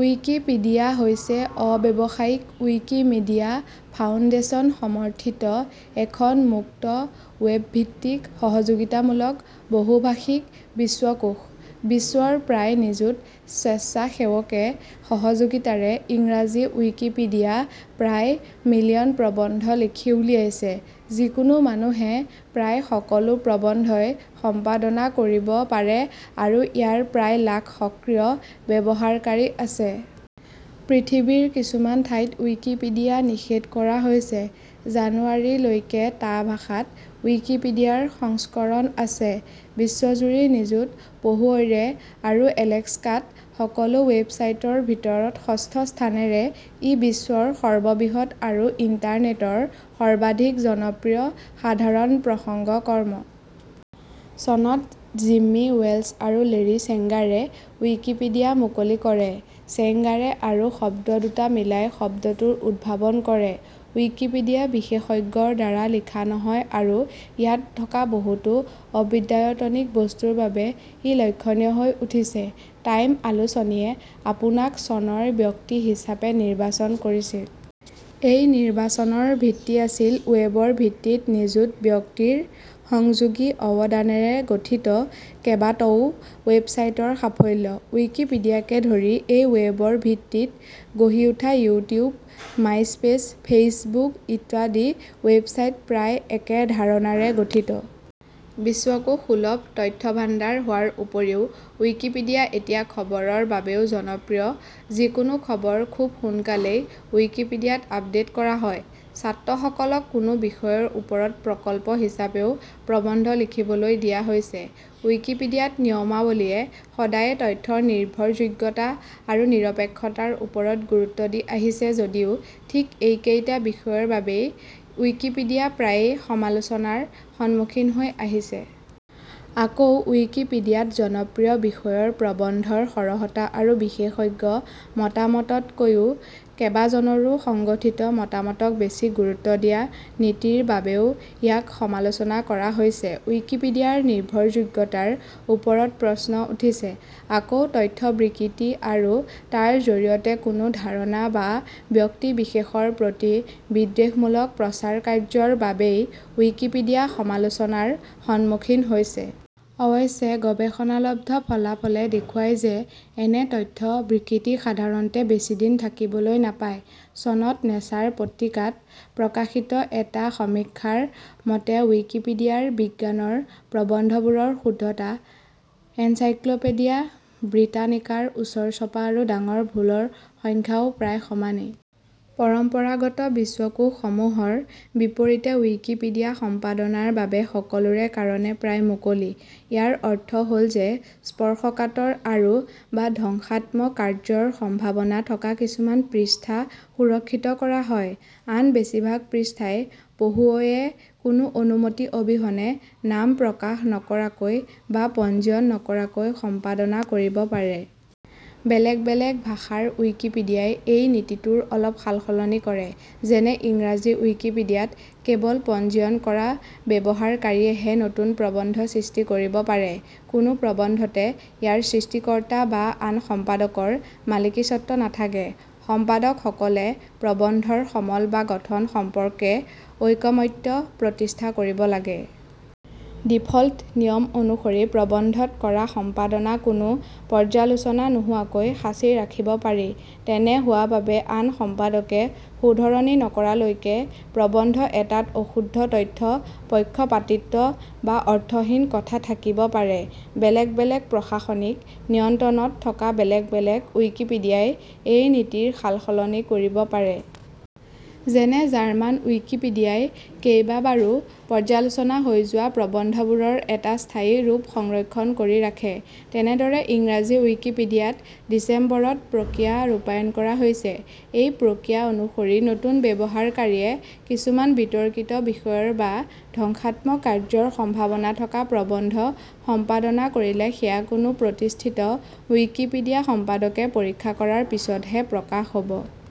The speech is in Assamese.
ৱিকিপিডিয়া হৈছে অব্যৱসায়িক ৱিকিমিডিয়া ফাউণ্ডেছন সমৰ্থিত এখন মুক্ত, ৱেব-ভিত্তিক, সহযোগিতামূলক, বহুভাষিক বিশ্বকোষ। বিশ্বৰ প্ৰায় নিযুত স্বেচ্ছাসেৱকে সহযোগিতাৰে ইংৰাজী ৱিকিপিডিয়া প্ৰায় মিলিয়ন প্ৰবন্ধ লিখি উলিয়াইছে। যিকোনো মানুহে প্ৰায় সকলো প্ৰবন্ধই সম্পাদনা কৰিব পাৰে আৰু ইয়াৰ প্ৰায় লাখ সক্ৰিয় ব্যৱহাৰকাৰী আছে। পৃথিৱীৰ কিছুমান ঠাইত ৱিকিপিডিয়া নিষেধ কৰা হৈছে। জানুৱাৰী লৈকে টা ভাষাত ৱিকিপিডিয়াৰ সংস্কৰণ আছে। বিশ্বজুৰি নিযুত পঢ়ুৱৈৰে আৰু এলেক্সাত সকলো ৱেবছাইটৰ ভিতৰত ষষ্ঠ স্থানেৰে ই বিশ্বৰ সৰ্ববৃহৎ আৰু ইণ্টাৰনেট ৰ সৰ্বাধিক জনপ্ৰিয় সাধাৰণ প্ৰসংগ কৰ্ম। চনত জিম্মী ৱেলছ আৰু লেৰী ছেংগাৰে ৱিকিপিডিয়া মুকলি কৰে। ছেংগাৰে আৰু শব্দ দুটা মিলাই শব্দটোৰ উদ্ভাৱন কৰে। ৱিকিপিডিয়া বিশেষজ্ঞৰদ্বাৰা লিখা নহয় আৰু ইয়াত থকা বহুতো অবিদ্যায়তনিক বস্তুৰবাবে ই লক্ষণীয় হৈ উঠিছে। টাইম আলোচনীয়ে 'আপোনাক' ' চনৰ ব্যক্তি' হিচাপে নিৰ্বাচন কৰিছিল। এই নিৰ্বাচনৰ ভিত্তি আছিল 'ৱেব- '-ৰ ভিত্তিত নিযুত ব্যক্তিৰ সংযোগী অৱদানেৰে গঠিত কেবাটও ৱেবছাইটৰ সাফল্য। 'ৱিকিপিডিয়া'কে ধৰি এই 'ৱেব- 'ৰ ভিত্তিত গঢ়ি উঠা ইউটিউব, মাইস্পেছ, ফেইচবুক ইত্যাদি ৱেবছাইট প্ৰায় একে ধাৰণাৰে গঠিত। বিশ্বকোষ সুলভ তথ্যভাণ্ডাৰ হোৱাৰ উপৰিও ৱিকিপিডিয়া এতিয়া খবৰৰ বাবেও জনপ্ৰিয়, যিকোনো খবৰ খুব সোনকালেই ৱিকিপিডিয়াত আপডে'ট কৰা হয়। ছাত্ৰসকলক কোনো বিষয়ৰ ওপৰত প্ৰকল্প হিচাপেও প্ৰবন্ধ লিখিবলৈ দিয়া হৈছে। ৱিকিপিডিয়াত নিয়মাৱলীয়ে সদায়ে তথ্যৰ নিৰ্ভৰযোগ্যতা আৰু নিৰপেক্ষতাৰ ওপৰত গুৰুত্ব দি আহিছে যদিও, ঠিক এইকেইটা বিষয়ৰ বাবেই ৱিকিপিডিয়া প্ৰায়েই সমালোচনাৰ সম্মুখীন হৈ আহিছে। আকৌ ৱিকিপিডিয়াত জনপ্ৰিয় বিষয়ৰ প্ৰবন্ধৰ সৰহতা আৰু বিশেষজ্ঞ মতামততকৈও কেবাজনৰো সংগঠিত মতামতক বেছি গুৰুত্ব দিয়া নীতিৰ বাবেও ইয়াক সমালোচনা কৰা হৈছে। ৱিকিপিডিয়াৰ নিৰ্ভৰযোগ্যতাৰ ওপৰত প্ৰশ্ন উঠিছে। আকৌ তথ্য-বিকৃতি আৰু তাৰ জৰিয়তে কোনো ধাৰণা বা ব্যক্তি-বিশেষৰ প্ৰতি বিদ্বেষমূলক প্ৰচাৰকাৰ্য্যৰ বাবেই ৱিকিপিডিয়া সমালোচনাৰ সম্মুখীন হৈছে। অৱশ্যে গৱেষণালব্ধ ফলাফলে দেখুৱায় যে এনে তথ্য-বিকৃতি সাধাৰণতে বেছি দিন থাকিবলৈ নাপায়। চনত 'নেচাৰ' পত্ৰিকাত প্ৰকাশিত এটা সমীক্ষাৰ মতে ৱিকিপিডিয়াৰ বিজ্ঞানৰ প্ৰবন্ধবোৰৰ শুদ্ধতা এনচাইক্ল'পেডিয়া ব্ৰিটানিকা -ৰ ওচৰচপা আৰু 'ডাঙৰ ভুল'ৰ সংখ্যাও প্ৰায় সমানেই। পৰম্পৰাগত বিশ্বকোষসমূহৰ বিপৰীতে ৱিকিপিডিয়া সম্পাদনাৰ বাবে সকলোৰে কাৰণে প্ৰায় মুকলি। ইয়াৰ অৰ্থ হ'ল যে স্পৰ্শকাতৰ আৰু বা ধ্বংসাত্মক কাৰ্যৰ সম্ভাৱনা থকা কিছুমান পৃষ্ঠা সুৰক্ষিত কৰা হয়। আন বেছিভাগ পৃষ্ঠাই পঢ়ুৱৈয়ে কোনো অনুমতি অবিহনে, নাম প্ৰকাশ নকৰাকৈ বা পঞ্জীয়ন নকৰাকৈ সম্পাদনা কৰিব পাৰে। বেলেগ বেলেগ ভাষাৰ ৱিকিপিডিয়াই এই নীতিটোৰ অলপ সালসলনি কৰে, যেনে- ইংৰাজী ৱিকিপিডিয়াত কেৱল পঞ্জীয়ন কৰা ব্যৱহাৰকাৰীয়েহে নতুন প্ৰবন্ধ সৃষ্টি কৰিব পাৰে। কোনো প্ৰবন্ধতে ইয়াৰ সৃষ্টিকৰ্তা বা আন সম্পাদকৰ মালিকীস্বত্ব নাথাকে। সম্পাদকসকলে প্ৰবন্ধৰ সমল বা গঠন সম্পৰ্কে ঐকমত্য প্ৰতিষ্ঠা কৰিব লাগে। ডিফল্ট নিয়ম অনুসৰি প্ৰবন্ধত কৰা সম্পাদনা কোনো পৰ্যালোচনা নোহোৱাকৈ সাঁচি ৰাখিব পাৰি। তেনে হোৱা বাবে আন সম্পাদকে শুধৰণি নকৰালৈকে প্ৰবন্ধ এটাত অশুদ্ধ তথ্য, পক্ষপাতিত্ব, বা অৰ্থহীন কথা থাকিব পাৰে। বেলেগ বেলেগ প্ৰশাসনিক নিয়ন্ত্ৰণত থকা বেলেগ বেলেগ ৱিকিপিডিয়াই এই নীতিৰ সালসলনি কৰিব পাৰে। যেনে- জাৰ্মান ৱিকিপিডিয়াই কেইবাবাৰো পৰ্যালোচনা হৈ যোৱা প্ৰবন্ধবোৰৰ এটা স্থায়ী ৰূপ সংৰক্ষণ কৰি ৰাখে। তেনেদৰে ইংৰাজী ৱিকিপিডিয়াত ডিচেম্বৰ ত "" প্ৰক্ৰিয়া ৰূপায়ণ কৰা হৈছে। এই প্ৰক্ৰিয়া অনুসৰি নতুন ব্যৱহাৰকাৰীয়ে কিছুমান বিতৰ্কিত বিষয়ৰ বা ধ্বংসাত্মক কাৰ্যৰ সম্ভাৱনা থকা প্ৰবন্ধ সম্পাদনা কৰিলে সেয়া কোনো "প্ৰতিষ্ঠিত ৱিকিপিডিয়া সম্পাদকে পৰীক্ষা কৰাৰ পিছতহে প্ৰকাশ হ'ব। "।